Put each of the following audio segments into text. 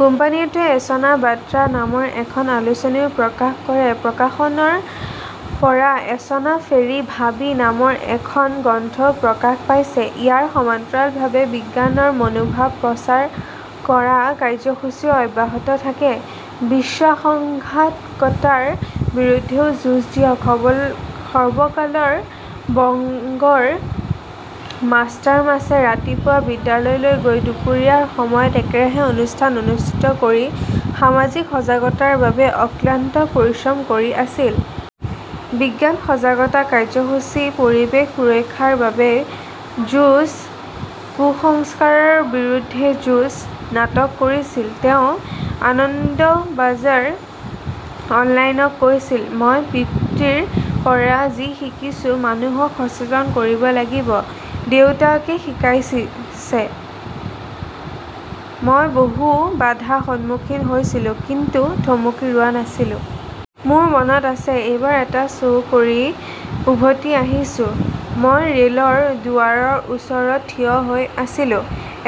কোম্পানীটোৱে এচনা বাৰ্তা নামৰ এখন আলোচনীও প্ৰকাশ কৰে। প্ৰকাশনৰ পৰা এচনা ফেৰি ভাবী নামৰ এখন গ্ৰন্থও প্ৰকাশ পাইছে। ইয়াৰ সমান্তৰালভাৱে বিজ্ঞানৰ মনোভাৱ প্ৰচাৰ কৰা কাৰ্যসূচীও অব্যাহত থাকে। বিশ্বাসঘাতকতাৰ বিৰুদ্ধেও যুঁজ দিয়ক। সৰ্বকালৰ বংগৰ মাষ্টাৰমাছে ৰাতিপুৱা বিদ্যালয়লৈ গৈ, দুপৰীয়াৰ সময়ত একেৰাহে অনুষ্ঠান অনুষ্ঠিত কৰি, সামাজিক সজাগতাৰ বাবে অক্লান্ত পৰিশ্ৰম কৰি আছিল। বিজ্ঞান সজাগতা কাৰ্যসূচী, পৰিৱেশ সুৰক্ষাৰ বাবে যুঁজ, কুসংস্কাৰৰ বিৰুদ্ধে যুঁজ, নাটক‌ কৰিছিল। তেওঁ আনন্দবাজাৰ অনলাইনক কৈছিল, মই পিতৃৰ পৰা যি শিকিছো, মানুহক সচেতন কৰিব লাগিব। দেউতাকে শিকাইছে। মই বহু বাধাৰ সন্মুখীন হৈছিলো, কিন্তু থমকি ৰোৱা নাছিলো। মোৰ মনত আছে, এবাৰ এটা শ্ব' কৰি উভতি আহিছোঁ। মই ৰেলৰ দুৱাৰৰ ওচৰত থিয় হৈ আছিলো।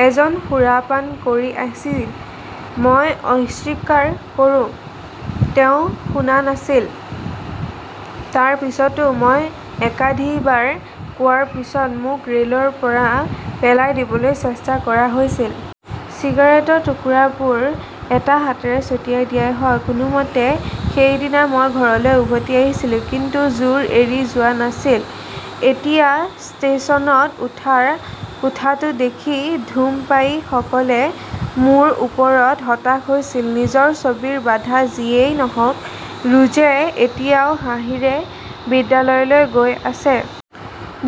এজন সুৰাপান কৰি আছিল। মই অস্বীকাৰ কৰোঁ। তেওঁ শুনা নাছিল। তাৰ পিছতো মই একাধিকবাৰ কোৱাৰ পিছত মোক ৰেলৰ পৰা পেলাই দিবলৈ চেষ্টা কৰা হৈছিল। চিগাৰেটৰ টুকুৰাবোৰ এটা হাতেৰে ছটিয়াই দিয়া হয়। কোনোমতে সেইদিনা মই ঘৰলৈ উভতি আহিছিলো। কিন্তু জোৰ এৰি যোৱা নাছিল। এতিয়া ট্ৰেষ্টেচন ইনত উঠা কোঠাটো দেখি ধূমপায়ীসকলে মোৰ ওপৰত হতাশ হৈছিল। নিজৰ ছবিৰ বাধা যিয়েই নহওঁক, ৰোজে এতিয়াও হাঁহিৰে বিদ্যালয়লৈ গৈ আছে।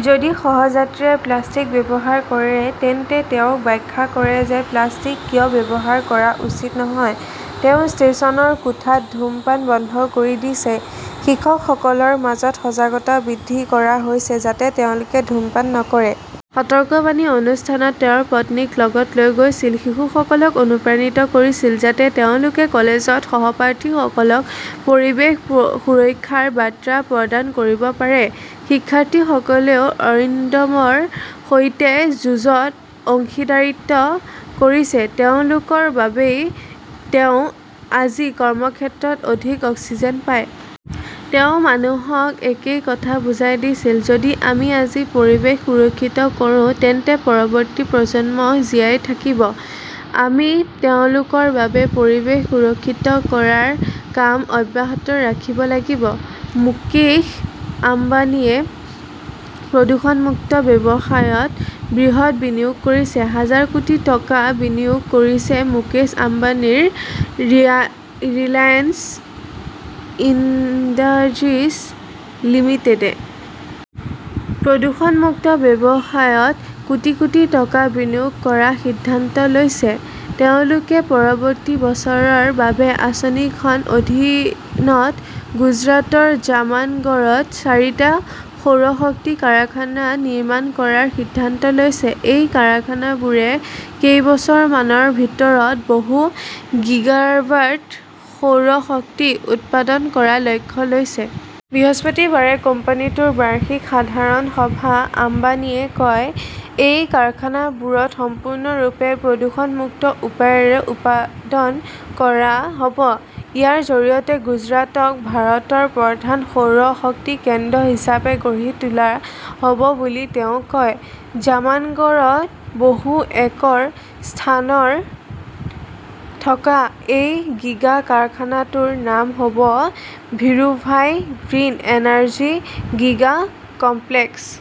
যদি সহ-যাত্ৰীয়ে প্লাষ্টিক ব্যৱহাৰ কৰে তেন্তে তেওঁক ব্যাখ্যা কৰে যে প্লাষ্টিক কিয় ব্যৱহাৰ কৰা উচিত নহয়। তেওঁ ট্ৰেইনৰ কোঠাত ধূমপান বন্ধ কৰি দিছে। শিক্ষকসকলৰ মাজত সজাগতাও বৃদ্ধি কৰা হৈছে যাতে তেওঁলোকে ধূমপান নকৰে। সতৰ্কবাণী অনুষ্ঠানত তেওঁৰ পত্নীক লগত লৈ গৈছিল। শিশুসকলক অনুপ্ৰাণিত কৰিছিল, যাতে তেওঁলোকে কলেজত সহপাঠীসকলক পৰিৱেশ সুৰক্ষাৰ বাৰ্তা প্ৰদান কৰিব পাৰে। শিক্ষাৰ্থীসকলেও অৰিণ্ডমৰ সৈতে যুঁজত অংশীদাৰীত্ব কৰিছে। তেওঁলোকৰ বাবেই তেওঁ আজি কৰ্মক্ষেত্ৰত অধিক অক্সিজেন পায়। তেওঁ মানুহক একেই কথা বুজাই দিছিল, যদি আমি আজি পৰিৱেশ সুৰক্ষিত কৰোঁ, তেন্তে পৰৱৰ্তী প্ৰজন্ম জীয়াই থাকিব। আমি তেওঁলোকৰ বাবে পৰিৱেশ সুৰক্ষিত কৰাৰ কাম অব্যাহত ৰাখিব লাগিব। মুকেশ আম্বানীয়ে প্ৰদূষণ-মুক্ত ব্যৱসায়ত বৃহৎ বিনিয়োগ কৰিছে, হাজাৰ কোটি টকা বিনিয়োগ কৰিছে মুকেশ আম্বানীৰ ৰিলায়েন্স ইণ্ডাষ্ট্ৰীজ লিমিটেডে। প্ৰদূষণ-মুক্ত ব্যৱসায়ত কোটি কোটি টকা বিনিয়োগ কৰাৰ সিদ্ধান্ত লৈছে। তেওঁলোকে পৰৱৰ্তী বছৰৰ বাবে আঁচনিখনৰ অধীনত গুজৰাটৰ জামানগৰত চাৰিটা সৌৰ শক্তি কাৰখানা নিৰ্মাণ কৰাৰ সিদ্ধান্ত লৈছে। এই কাৰখানাবোৰে কেইবছৰমানৰ ভিতৰত‌ বহু গিগাৱাট সৌৰ শক্তি উৎপাদন কৰাৰ লক্ষ্য লৈছে। বৃহস্পতিবাৰে কোম্পানীটোৰ বাৰ্ষিক সাধাৰণ সভাত আম্বানীয়ে কয়, এই কাৰখানাবোৰত সম্পূৰ্ণৰূপে প্ৰদূষণ-মুক্ত উপায়েৰে উৎপাদন কৰা হ'ব। ইয়াৰ জৰিয়তে গুজৰাটক ভাৰতৰ প্ৰধান সৌৰ শক্তি কেন্দ্ৰ হিচাপে গঢ়ি তোলা হ'ব বুলি তেওঁ কয়। জামনগৰত বহু একৰ স্থানত থকা এই গিগা কাৰখানাটোৰ নাম হ'ব Dhirubhai green energy giga complex.